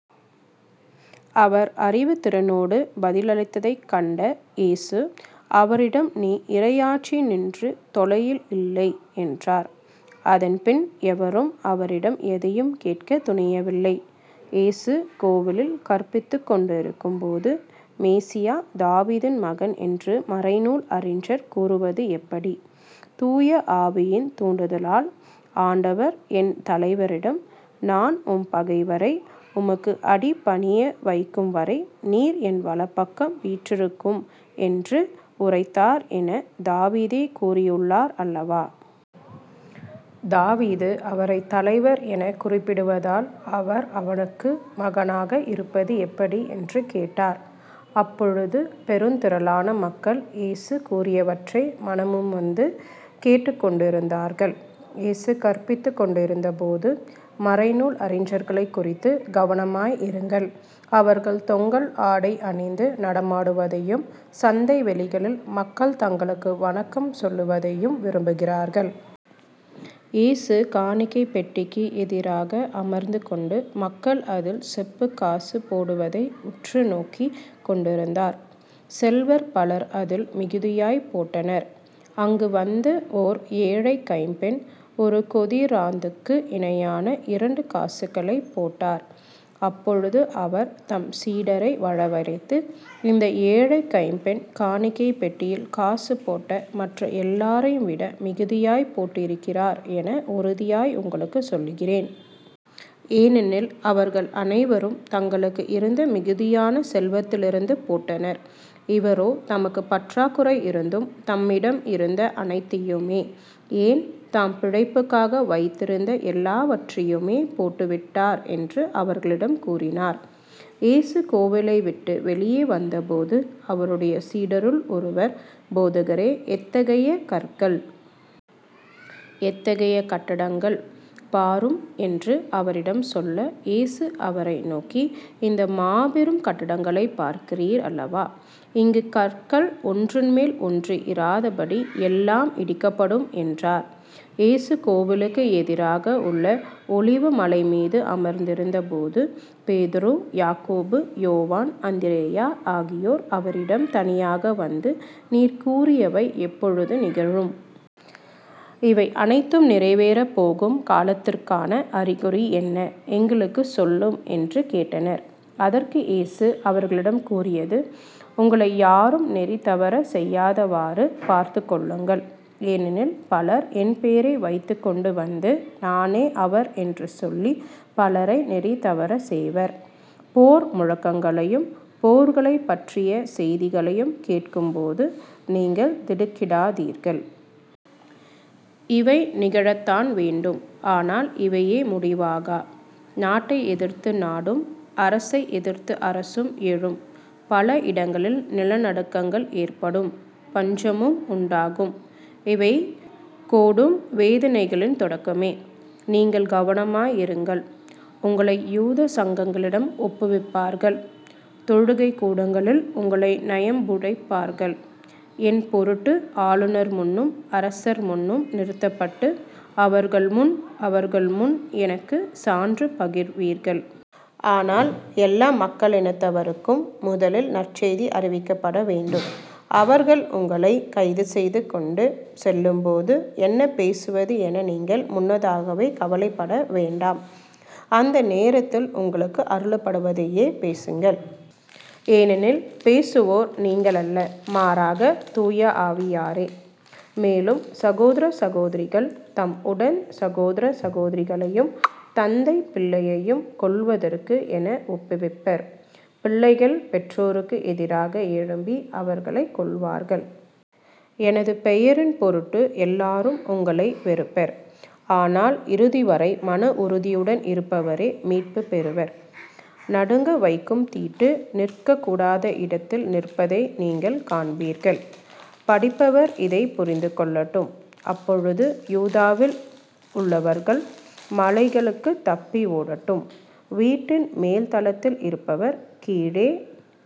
அவர் அறிவுத்திறனோடு பதிலளித்ததைக் கண்ட இயேசு அவரிடம் நீர் இறையாட்சியினின்று தொலையில் இல்லை என்றார். அதன்பின் எவரும் அவரிடம் எதையும் கேட்கத் துணியவில்லை. இயேசு கோவிலில் கற்பித்துக் கொண்டிருக்கும்போது மெசியா தாவீதின் மகன் என்று மறைநூல் அறிஞர் கூறுவது எப்படி? தூய ஆவியின் தூண்டுதலால் ஆண்டவர் என் தலைவரிடம் நான் உம் பகைவரை உமக்கு அடிபணியவைக்கும்வரை நீர் என் வலப்பக்கம் வீற்றிருக்கும் என்று உரைத்தார் எனத் தாவீதே கூறியுள்ளார் அல்லவா. தாவீது அவரைத் தலைவர் எனக் குறிப்பிடுவதால் அவர் அவருக்கு மகனாக இருப்பது எப்படி? என்று கேட்டார். அப்போது பெருந்திரளான மக்கள் இயேசு கூறியவற்றை மனமுவந்து கேட்டுக்கொண்டிருந்தார்கள். இயேசு கற்பித்துக்கொண்டிருந்தபோது மறைநூல் அறிஞர்களைக் குறித்துக் கவனமாய் இருங்கள். அவர்கள் தொங்கல் ஆடை அணிந்து நடமாடுவதையும் சந்தை வெளிகளில் மக்கள் தங்களுக்கு வணக்கம் செலுத்துவதையும் விரும்புகிறார்கள். இயேசு காணிக்கைப் பெட்டிக்கு எதிராக அமர்ந்துகொண்டு மக்கள் அதில் செப்புக்காசு போடுவதை உற்று நோக்கிக் கொண்டிருந்தார். செல்வர் பலர் அதில் மிகுதியாகப் போட்டனர். அங்கு வந்த ஓர் ஏழைக் கைம்பெண் ஒரு கொதிராந்துக்கு இணையான இரண்டு காசுகளைப் போட்டார். அப்பொழுது அவர் தம் சீடரை வரவழைத்து இந்த ஏழைக் கைம்பெண் காணிக்கைப் பெட்டியில் காசு போட்ட மற்ற எல்லாரையும் விட மிகுதியாகப் போட்டிருக்கிறார் என உறுதியாக உங்களுக்குச் சொல்கிறேன். ஏனெனில் அவர்கள் அனைவரும் தங்களுக்கு இருந்த மிகுதியான செல்வத்திலிருந்து போட்டனர். இவரோ தமக்குப் பற்றாக்குறை இருந்தும் தம்மிடம் இருந்த அனைத்தையுமே, ஏன் தம் பிழைப்புக்காக வைத்திருந்த எல்லாவற்றையுமே போட்டுவிட்டார் என்று அவர்களிடம் கூறினார். இயேசு கோவிலைவிட்டு வெளியே வந்தபோது அவருடைய சீடருள் ஒருவர் போதகரே எத்தகைய கற்கள். எத்தகைய கட்டடங்கள். பாரும் என்று அவரிடம் சொல்ல இயேசு அவரை நோக்கி இந்த மாபெரும் கட்டடங்களைப் பார்க்கிறீர் அல்லவா. இங்குக் கற்கள் ஒன்றின்மேல் ஒன்று இராதபடி எல்லாம் இடிக்கப்படும் என்றார். இயேசு கோவிலுக்கு எதிராக உள்ள ஒலிவ மலைமீது அமர்ந்திருந்த போது பேதுரு யாக்கோபு யோவான் அந்திரேயா ஆகியோர் அவரிடம் தனியாக வந்து நீர் கூறியவை எப்போது நிகழும்? இவையனைத்தும் நிறைவேறப்போகும் காலத்திற்கான அறிகுறி என்ன? எங்களுக்குச் சொல்லும் என்று கேட்டனர். அதற்கு இயேசு அவர்களிடம் கூறியது உங்களை யாரும் நெறிதவறச் செய்யாதவாறு பார்த்துக் கொள்ளுங்கள். ஏனெனில் பலர் என் பெயரை வைத்துக்கொண்டு வந்து நானே அவர் என்று சொல்லிப் பலரை நெறிதவறச் செய்வர். போர் முழக்கங்களையும் போர்களைப்பற்றிய செய்திகளையும் கேட்கும் பொழுது நீங்கள் திடுக்கிடாதீர்கள். இவை நிகழத்தான் வேண்டும். ஆனால் இவையே முடிவாகா. நாட்டை எதிர்த்து நாடும் அரசை எதிர்த்து அரசும் எழும் பல இடங்களில் நில நடுக்கங்கள் ஏற்படும் பஞ்சமும் உண்டாகும். இவை கொடும் வேதனைகளின் தொடக்கமே. நீங்கள் கவனமாயிருங்கள் உங்களை யூதச் சங்கங்களிடம் ஒப்புவிப்பார்கள் தொழுகைக்கூடங்களில் உங்களை நையப்புடைப்பார்கள் என் பொருட்டு ஆளுநர் முன்னும் அரசர் முன்னும் நிறுத்தப்பட்டு அவர்கள் முன் அவர்கள் முன் எனக்குச் சான்று பகர்வீர்கள். ஆனால் எல்லா மக்களினத்தவர்க்கும் முதலில் நற்செய்தி அறிவிக்கப்பட வேண்டும். அவர்கள் உங்களைக் கைதுசெய்து கொண்டு செல்லும்போது என்ன பேசுவது என நீங்கள் முன்னதாகவே கவலைப்பட வேண்டாம் அந்த நேரத்தில் உங்களுக்கு அருளப்படுவதையே பேசுங்கள். ஏனெனில் பேசுவோர் நீங்கள் அல்ல. மாறாக தூய ஆவியாரே. மேலும் சகோதரர் சகோதரிகள் தம் உடன் சகோதரர் சகோதரிகளையும் தந்தை பிள்ளையையும் கொல்வதற்கு என ஒப்புவிப்பர் பிள்ளைகள் பெற்றோர்க்கு எதிராக எழும்பி அவர்களைக் கொல்வார்கள். எனது பெயரின் பொருட்டு எல்லாரும் உங்களை வெறுப்பர். ஆனால் இறுதிவரை மன உறுதியுடன் இருப்பவரே மீட்புப் பெறுவர். நடுங்க வைக்கும் தீட்டு நிற்கக்கூடாத இடத்தில் நிற்பதை நீங்கள் காண்பீர்கள். படிப்பவர் இதைப் புரிந்து கொள்ளட்டும். அப்போது யூதேயாவில் உள்ளவர்கள் மலைகளுக்குத் தப்பி ஓடட்டும். வீட்டின் மேல்தளத்தில் இருப்பவர் கீழே